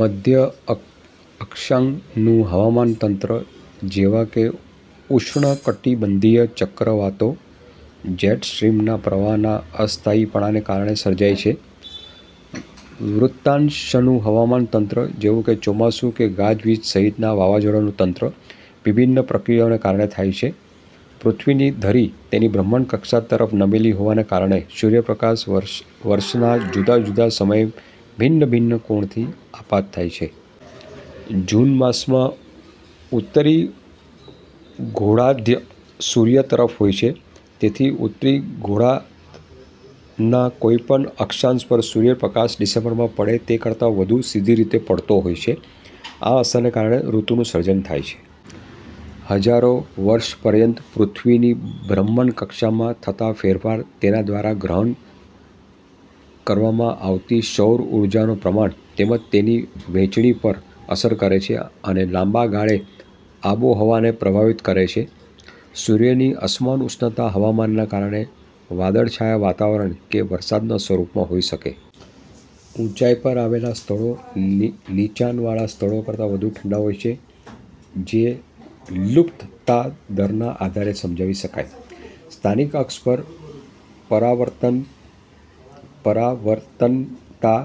મધ્ય-અક્ષાંશનુ હવામાન તંત્ર, જેવાકે ઉષ્ણકટીબંધીય ચક્રવાતો, જેટ સ્ટ્રીમના પ્રવાહના અસ્થાયીપણાને કારણે સર્જાય છે. વૃત્તાંષનુ હવામાન તંત્ર, જેવું કે ચોમાસુ કે ગાજ-વીજ સહિતના વાવાઝોડાનું તંત્ર, વિભિન્ન પ્રક્રિયાઓને કારણે થાય છે. પૃથ્વીની ધરી તેની ભ્રમણ કક્ષા તરફ નમેલી હોવાના કારણે સૂર્યપ્રકાશ વર્ષના જુદા જુદા સમયે ભિન્ન-ભિન્ન કોણથી આપાત થાય છે. જૂન માસમાં ઉત્તરી ગોળાર્ધ સૂર્ય તરફ હોય છે, તેથી ઉત્તરી ગોળાર્ધના કોઈ પણ અક્ષાંશ પર સૂર્ય પ્રકાશ ડિસેમ્બરમાં પડે તે કરતા વધુ સીધી રીતે પડતો હોય છે. આ અસરને કારણે ઋતુનું સર્જન થાય છે. હજારો વર્ષપર્યંત, પૃથ્વીની ભ્રમણકક્ષામાં થતા ફેરફાર તેને દ્વારા ગ્રહણ કરવામાં આવતી સૌર ઊર્જાના પ્રમાણ તેમજ તેની વહેંચણી પર અસર કરે છે અને લાંબા ગાળે આબોહવાને પ્રભાવિત કરે છે. સૂર્ય ની અસમાન ઉષ્ણતા હવામાનના કારણે વાદળછાયા વાતાવરણ કે વરસાદના સ્વરૂપમાં હોઈ શકે. ઊંચાઈ પર આવેલા સ્થળો નીચાણવાળા સ્થળો કરતા વધુ ઠંડા હોય છે, જે લુપ્તતા દરના આધારે સમજાવી શકાય. સ્થાનિક અક્ષ પર, પરાવર્તનતા,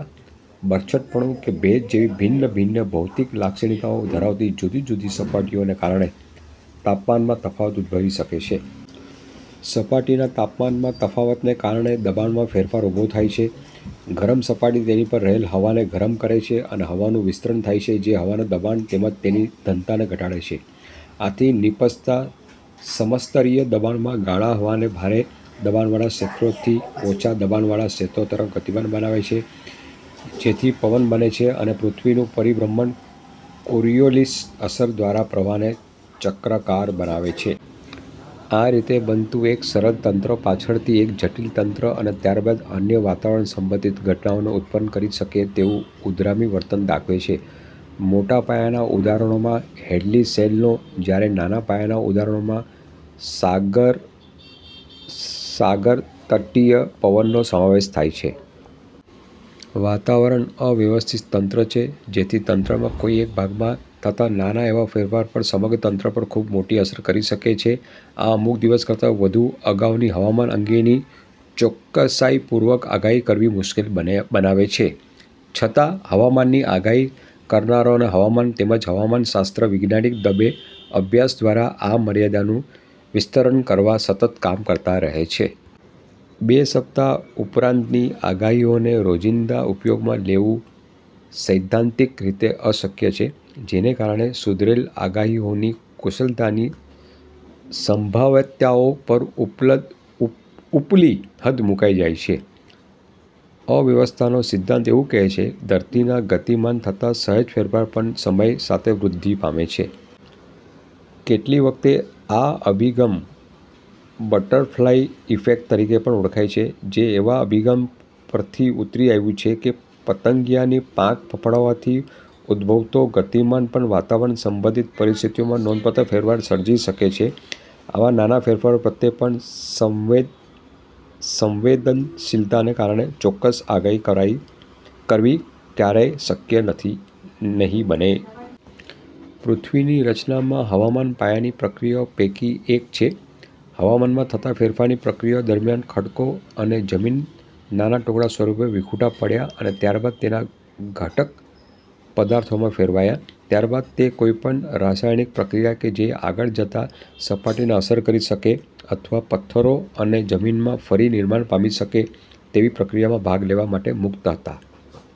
બરછટપણું કે ભેજ જેવી ભિન્ન ભિન્ન ભૌતિક લાક્ષણિકતાઓ ધરાવતી જુદી જુદી સપાટીઓ ને કારણે તાપમાનના તફાવત ઉદભવી શકે છે. સપાટીના તાપમાનના તફાવતને કારણે દબાણમાં ફેરફાર ઉભા થાય છે. ગરમ સપાટી તેની પર રહેલ હવાને ગરમ કરે છે અને હવાનું વિસ્તરણ થાય છે જે હવાના દબાણ તેમજ તેની ઘનતાને ઘટાડે છે. આથી નીપજતા સમસ્તરીય દબાણના ગાળા હવાને ભારે દબાણવાળા ક્ષેત્રો થી ઓછા દબાણવાળા ક્ષેત્રો તરફ ગતિમાન બનાવે છે, જેથી પવન બને છે, અને પૃથ્વીનું પરીભ્રમણ કોરિઓલિસ અસર દ્વારા પ્રવાહને ચક્રાકાર બનાવે છે. આ રીતે બનતું એક સરળ તંત્ર પાછળથી એક જટિલ તંત્ર અને ત્યારબાદ અન્ય વાતાવરણ સંબંધિત ઘટનાઓને ઉત્પન્ન કરી શકે તેવું ઉદ્ગામી વર્તન દાખવે છે. મોટાપાયાના ઉદાહરણોમાં હેડ્લી સેલ નો, જ્યારે નાના પાયાના ઉદાહરણોમાં સાગરતટીય પવનનો સમાવેશ થાય છે. વાતાવરણ અવ્યવસ્થિત તંત્ર છે, જેથી તંત્રના કોઈ એક ભાગમાં થતા નાના એવા ફેરફાર પણ સમગ્ર તંત્ર પર ખૂબ મોટી અસર કરી શકે છે. આ અમુક દિવસ કરતા વધુ અગાઉની હવામાન અંગેની ચોકસાઈપૂર્વક આગાહી કરવી મુશ્કેલ બનાવે છે, છતા હવામાનની આગાહી કરનારાઓ હવામાન તેમજ હવામાનશાસ્ત્ર વિજ્ઞાનિક ઢબે અભ્યાસ દ્વારા આ મર્યાદાનું વિસ્તરણ કરવા સતત કામ કરતા રહે છે. બે સપ્તાહ ઉપરાંતની આગહીઓને રોજીંદા ઉપયોગમાં લેવુ સૈદ્ધાંતિક રીતે અશક્ય છે, જેને કારણે સુધરેલ આગાહીઓની કુશળતાની સંભાવ્યતાઓ પર ઉપલી હદ મુકાઈ જાય છે. અવ્યવસ્થાનો સિદ્ધાંત એવુ કહે છે કે ધરતીના ગતિમાનમાં થતા સહેજ ફેરફાર પણ સમય સાથે વૃદ્ધિ પામે છે. કેટલીક વખત આ અભિગમ બટરફ્લાય ઈફેક્ટ તરીકે પણ ઓળખાય છે, જે એવા અભિગમ પરથી ઉતરી આવ્યું છે કે પતંગિયાના પાંખ ફફડાવવાથી ઉદભવતો ગતિમાન પણ વાતાવરણ સંબંધિત પરિસ્થિતિઓમાં નોંધપાત્ર ફેરફાર સર્જી શકે છે. આવા નાના ફેરફારો પ્રત્યે પણ સંવેદનશીલતાને કારણે ચોક્કસ આગાહી કરવી ક્યારેય શક્ય નહીં બને. પૃથ્વીની રચનામાં હવામાન પાયાની પ્રક્રિયાઓ પૈકી એક છે. હવામાનમાં થતા ફેરફારની પ્રક્રિયાઓ દરમિયાન ખડકો અને જમીન નાના ટુકડા સ્વરૂપે વિખુટા પડ્યા અને ત્યારબાદ તેના ઘટક પદાર્થોમાં ફેરવાયા. ત્યારબાદ તે કોઈપણ રાસાયણિક પ્રક્રિયા કે જે આગળ જતા સપાટીને અસર કરી શકે અથવા પથ્થરો અને જમીનમાં ફરી નિર્માણ પામી શકે તેવી પ્રક્રિયામાં ભાગ લેવા માટે મુક્ત હતા.